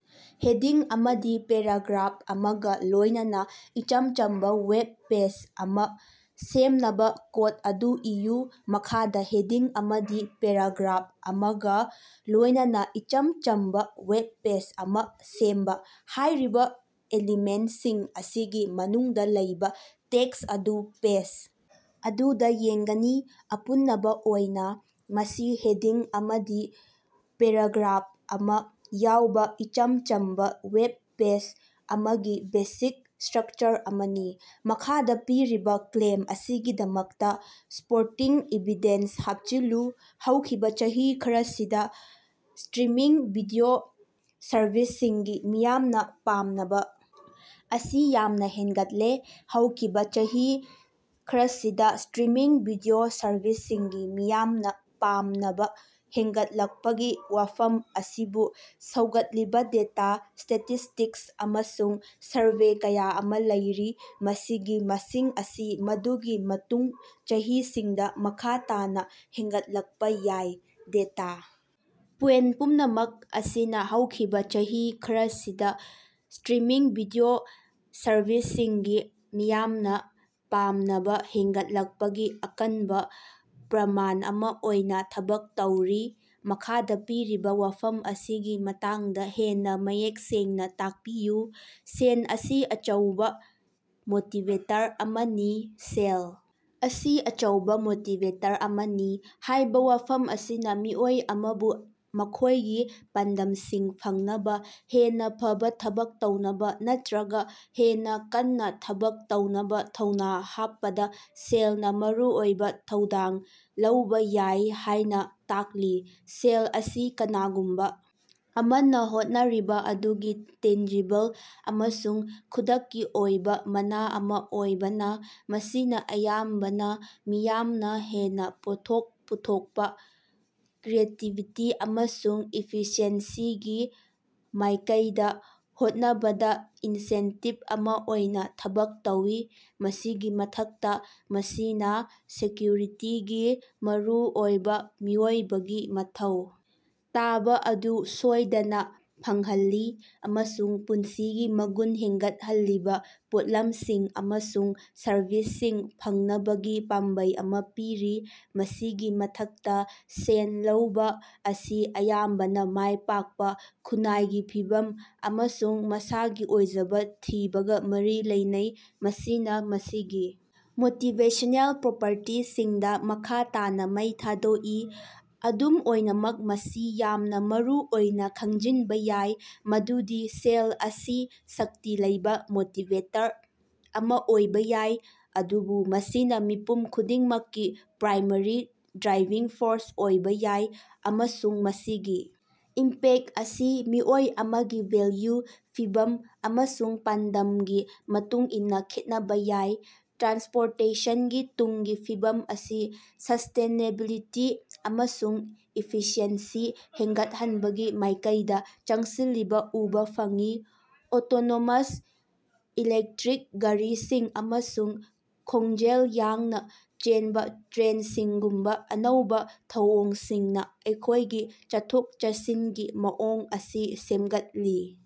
Heading ꯑꯃꯗꯤ paragraph ꯑꯃꯒ ꯂꯣꯏꯅꯅ ꯏꯆꯝ ꯆꯝꯕ ꯋꯦꯕ ꯄꯦꯖ ꯑꯃ ꯁꯦꯝꯅꯕ ꯀꯣꯗ ꯑꯗꯨ ꯏꯌꯨ꯫ ꯃꯈꯥꯗ ꯍꯦꯗꯤꯡ ꯑꯃꯗꯤ ꯄꯦꯔꯥꯒ꯭ꯔꯥꯐ ꯑꯃꯒ ꯂꯣꯏꯅꯅ ꯏꯆꯝ ꯆꯝꯕ ꯋꯦꯕꯄꯦꯖ ꯑꯃ ꯁꯦꯝꯕ꯫ ꯍꯥꯏꯔꯤꯕ ꯑꯦꯂꯤꯃꯦꯟꯠꯁꯤꯡ ꯑꯁꯤꯒꯤ ꯃꯅꯨꯡꯗ ꯂꯩꯕ ꯇꯦꯛꯁ ꯑꯗꯨ ꯄꯦꯖ ꯑꯗꯨꯗ ꯌꯦꯡꯒꯅꯤ꯫ ꯑꯄꯨꯅꯕ ꯑꯣꯏꯅ, ꯃꯁꯤ ꯍꯦꯗꯤꯡ ꯑꯃꯗꯤ ꯄꯦꯔꯥꯒ꯭ꯔꯥꯐ ꯑꯃ ꯌꯥꯎꯕ ꯏꯆꯝ ꯆꯝꯕ ꯋꯦꯕ ꯄꯦꯖ ꯑꯃꯒꯤ ꯕꯦꯁꯤꯛ ꯁ꯭ꯇꯔꯛꯆꯔ ꯑꯃꯅꯤ꯫ ꯃꯈꯥꯗ ꯄꯤꯔꯤꯕ ꯀ꯭ꯂꯦꯝ ꯑꯁꯤꯒꯤꯗꯃꯛꯇ ꯁꯄꯣꯔꯇꯤꯡ ꯏꯚꯤꯗꯦꯟꯁ ꯍꯥꯞꯆꯤꯜꯂꯨ꯫ ꯍꯧꯈꯤꯕ ꯆꯍꯤ ꯈꯔꯁꯤꯗ ꯁ꯭ꯇꯔꯤꯃꯤꯡ ꯚꯤꯗꯤꯑꯣ ꯁꯔꯚꯤꯁꯁꯤꯡꯒꯤ ꯃꯤꯌꯥꯝꯅ ꯄꯥꯝꯅꯕ ꯑꯁꯤ ꯌꯥꯝꯅ ꯍꯦꯟꯒꯠꯂꯦ꯫ ꯍꯧꯈꯤꯕ ꯆꯍꯤ ꯈꯔꯁꯤꯗ ꯁ꯭ꯇꯔꯤꯃꯤꯡ ꯚꯤꯗꯤꯑꯣ ꯁꯔꯚꯤꯁꯁꯤꯡꯒꯤ ꯃꯤꯌꯥꯝꯅ ꯄꯥꯝꯅꯕ ꯍꯦꯟꯒꯠꯂꯛꯄꯒꯤ ꯋꯥꯐꯝ ꯑꯁꯤꯕꯨ ꯁꯧꯒꯠꯂꯤꯕ ꯗꯦꯇꯥ, ꯁ꯭ꯇꯦꯇꯤꯁ꯭ꯇꯤꯛꯁ ꯑꯃꯁꯨꯡ ꯁꯔꯚꯦ ꯀꯌꯥ ꯑꯃ ꯂꯩꯔꯤ꯫ ꯃꯁꯤꯒꯤ ꯃꯁꯤꯡ ꯑꯁꯤ ꯃꯗꯨꯒꯤ ꯃꯇꯨꯡ ꯆꯍꯤꯁꯤꯡꯗ ꯃꯈꯥ ꯇꯥꯅ ꯍꯦꯟꯒꯠꯂꯛꯄ ꯌꯥꯏ꯫ ꯗꯦꯇꯥ ꯄꯣꯏꯟꯠ ꯄꯨꯝꯅꯃꯛ ꯑꯁꯤꯅ ꯍꯧꯈꯤꯕ ꯆꯍꯤ ꯈꯔꯁꯤꯗ ꯁ꯭ꯇꯔꯤꯃꯤꯡ ꯚꯤꯗꯤꯑꯣ ꯁꯔꯚꯤꯁꯁꯤꯡꯒꯤ ꯃꯤꯌꯥꯝꯅ ꯄꯥꯝꯅꯕ ꯍꯦꯟꯒꯠꯂꯛꯄꯒꯤ ꯑꯀꯟꯕ ꯄ꯭ꯔꯃꯥꯟ ꯑꯃ ꯑꯣꯏꯅ ꯊꯕꯛ ꯇꯧꯔꯤ꯫ ꯃꯈꯥꯗ ꯄꯤꯔꯤꯕ ꯋꯥꯐꯝ ꯑꯁꯤꯒꯤ ꯃꯇꯥꯡꯗ ꯍꯦꯟꯅ ꯃꯌꯦꯛ ꯁꯦꯡꯅ ꯇꯥꯛꯄꯤꯌꯨ꯫ ꯁꯦꯟ ꯑꯁꯤ ꯑꯆꯧꯕ ꯃꯣꯇꯤꯕꯦꯇꯔ ꯑꯃꯅꯤ꯫ "ꯁꯦꯜ ꯑꯁꯤ ꯑꯆꯧꯕ ꯃꯣꯇꯤꯕꯦꯇꯔ ꯑꯃꯅꯤ" ꯍꯥꯏꯕ ꯋꯥꯐꯝ ꯑꯁꯤꯅ ꯃꯤꯑꯣꯏ ꯑꯃꯕꯨ ꯃꯈꯣꯏꯒꯤ ꯄꯥꯟꯗꯝꯁꯤꯡ ꯐꯪꯅꯕ, ꯍꯦꯟꯅ ꯐꯕ ꯊꯕꯛ ꯇꯧꯅꯕ ꯅꯠꯇ꯭ꯔꯒ ꯍꯦꯟꯅ ꯀꯟꯅ ꯊꯕꯛ ꯇꯧꯅꯕ ꯊꯧꯅꯥ ꯍꯥꯞꯄꯗ ꯁꯦꯜꯅ ꯃꯔꯨꯑꯣꯏꯕ ꯊꯧꯗꯥꯡ ꯂꯧꯕ ꯌꯥꯏ ꯍꯥꯏꯅ ꯇꯥꯛꯂꯤ꯫ ꯁꯦꯜ ꯑꯁꯤ ꯀꯅꯥꯒꯨꯝꯕ ꯑꯃꯅ ꯍꯣꯠꯅꯔꯤꯕ ꯑꯗꯨꯒꯤ ꯇꯦꯟꯖꯤꯕꯜ ꯑꯃꯁꯨꯡ ꯈꯨꯗꯛꯀꯤ ꯑꯣꯏꯕ ꯃꯅꯥ ꯑꯃ ꯑꯣꯏꯕꯅ, ꯃꯁꯤꯅ ꯑꯌꯥꯝꯕꯅ ꯃꯤꯌꯥꯝꯅ ꯍꯦꯟꯅ ꯄꯣꯠꯊꯣꯛ ꯄꯨꯊꯣꯛꯄ, ꯀ꯭ꯔꯤꯌꯦꯇꯤꯕꯤꯇꯤ ꯑꯃꯁꯨꯡ ꯏꯐꯤꯁꯤꯑꯦꯟꯁꯤꯒꯤ ꯃꯥꯏꯀꯩꯗ ꯍꯣꯠꯅꯕꯗ ꯏꯟꯁꯦꯟꯇꯤꯕ ꯑꯃ ꯑꯣꯏꯅ ꯊꯕꯛ ꯇꯧꯏ꯫ ꯃꯁꯤꯒꯤ ꯃꯊꯛꯇ, ꯃꯁꯤꯅ ꯁꯦꯀ꯭ꯌꯨꯔꯤꯇꯤꯒꯤ ꯃꯔꯨꯑꯣꯏꯕ ꯃꯤꯑꯣꯏꯕꯒꯤ ꯃꯊꯧ ꯇꯥꯕ ꯑꯗꯨ ꯁꯣꯏꯗꯅ ꯐꯪꯍꯜꯂꯤ ꯑꯃꯁꯨꯡ ꯄꯨꯟꯁꯤꯒꯤ ꯃꯒꯨꯟ ꯍꯦꯟꯒꯠꯍꯜꯂꯤꯕ ꯄꯣꯠꯂꯝꯁꯤꯡ ꯑꯃꯁꯨꯡ ꯁꯔꯕꯤꯁꯁꯤꯡ ꯐꯪꯅꯕꯒꯤ ꯄꯥꯝꯕꯩ ꯑꯃ ꯄꯤꯔꯤ꯫ ꯃꯁꯤꯒꯤ ꯃꯊꯛꯇ, ꯁꯦꯟ ꯂꯧꯕ ꯑꯁꯤ ꯑꯌꯥꯝꯕꯅ ꯃꯥꯏ ꯄꯥꯛꯄ, ꯈꯨꯟꯅꯥꯏꯒꯤ ꯐꯤꯚꯝ, ꯑꯃꯁꯨꯡ ꯃꯁꯥꯒꯤ ꯑꯣꯏꯖꯕ ꯊꯤꯕꯒ ꯃꯔꯤ ꯂꯩꯅꯩ, ꯃꯁꯤꯅ ꯃꯁꯤꯒꯤ ꯃꯣꯇꯤꯕꯦꯁꯅꯦꯜ ꯄ꯭ꯔꯣꯄꯔꯇꯤꯁꯤꯡꯗ ꯃꯈꯥ ꯇꯥꯅ ꯃꯩ ꯊꯥꯗꯣꯛꯏ꯫ ꯑꯗꯨꯝ ꯑꯣꯏꯅꯃꯛ, ꯃꯁꯤ ꯌꯥꯝꯅ ꯃꯔꯨꯑꯣꯏꯅ ꯈꯪꯖꯤꯟꯕ ꯌꯥꯏ ꯃꯗꯨꯗꯤ ꯁꯦꯜ ꯑꯁꯤ ꯁꯛꯇꯤ ꯂꯩꯕ ꯃꯣꯇꯤꯕꯦꯇꯔ ꯑꯃ ꯑꯣꯏꯕ ꯌꯥꯏ, ꯑꯗꯨꯕꯨ ꯃꯁꯤꯅ ꯃꯤꯄꯨꯝ ꯈꯨꯗꯤꯡꯃꯛꯀꯤ ꯄ꯭ꯔꯥꯏꯃꯥꯔꯤ ꯗ꯭ꯔꯥꯏꯚꯤꯡ ꯐꯣꯔꯁ ꯑꯣꯏꯕ ꯌꯥꯏ, ꯑꯃꯁꯨꯡ ꯃꯁꯤꯒꯤ ꯏꯝꯄꯦꯛ ꯑꯁꯤ ꯃꯤꯑꯣꯏ ꯑꯃꯒꯤ ꯚꯦꯜꯌꯨ, ꯐꯤꯚꯝ ꯑꯃꯁꯨꯡ ꯄꯥꯟꯗꯝꯒꯤ ꯃꯇꯨꯡꯏꯟꯅ ꯈꯦꯠꯅꯕ ꯌꯥꯏ꯫ ꯇ꯭ꯔꯥꯟꯁꯄꯣꯔꯇꯦꯁꯟꯒꯤ ꯇꯨꯡꯒꯤ ꯐꯤꯕꯝ ꯑꯁꯤ ꯁ꯭ꯁꯇꯦꯅꯦꯕꯤꯂꯤꯇꯤ ꯑꯃꯁꯨꯡ ꯏꯐꯤꯁꯤꯑꯦꯟꯁꯤ ꯍꯦꯟꯒꯠꯍꯟꯕꯒꯤ ꯃꯥꯏꯀꯩꯗ ꯆꯪꯁꯤꯜꯂꯤꯕ ꯎꯕ ꯐꯪꯏ, ꯑꯣꯇꯣꯅꯣꯃꯁ ꯏꯂꯦꯛꯇ꯭ꯔꯤꯛ ꯒꯥꯔꯤꯁꯤꯡ ꯑꯃꯁꯨꯡ ꯈꯣꯡꯖꯦꯜ ꯌꯥꯡꯅ ꯆꯦꯟꯕ ꯇ꯭ꯔꯦꯟꯁꯤꯡꯒꯨꯝꯕ ꯑꯅꯧꯕ ꯊꯧꯑꯣꯡꯁꯤꯡꯅ ꯑꯩꯈꯣꯏꯒꯤ ꯆꯠꯊꯣꯛ-ꯆꯠꯁꯤꯟꯒꯤ ꯃꯑꯣꯡ ꯑꯁꯤ ꯁꯦꯝꯒꯠꯂꯤ꯫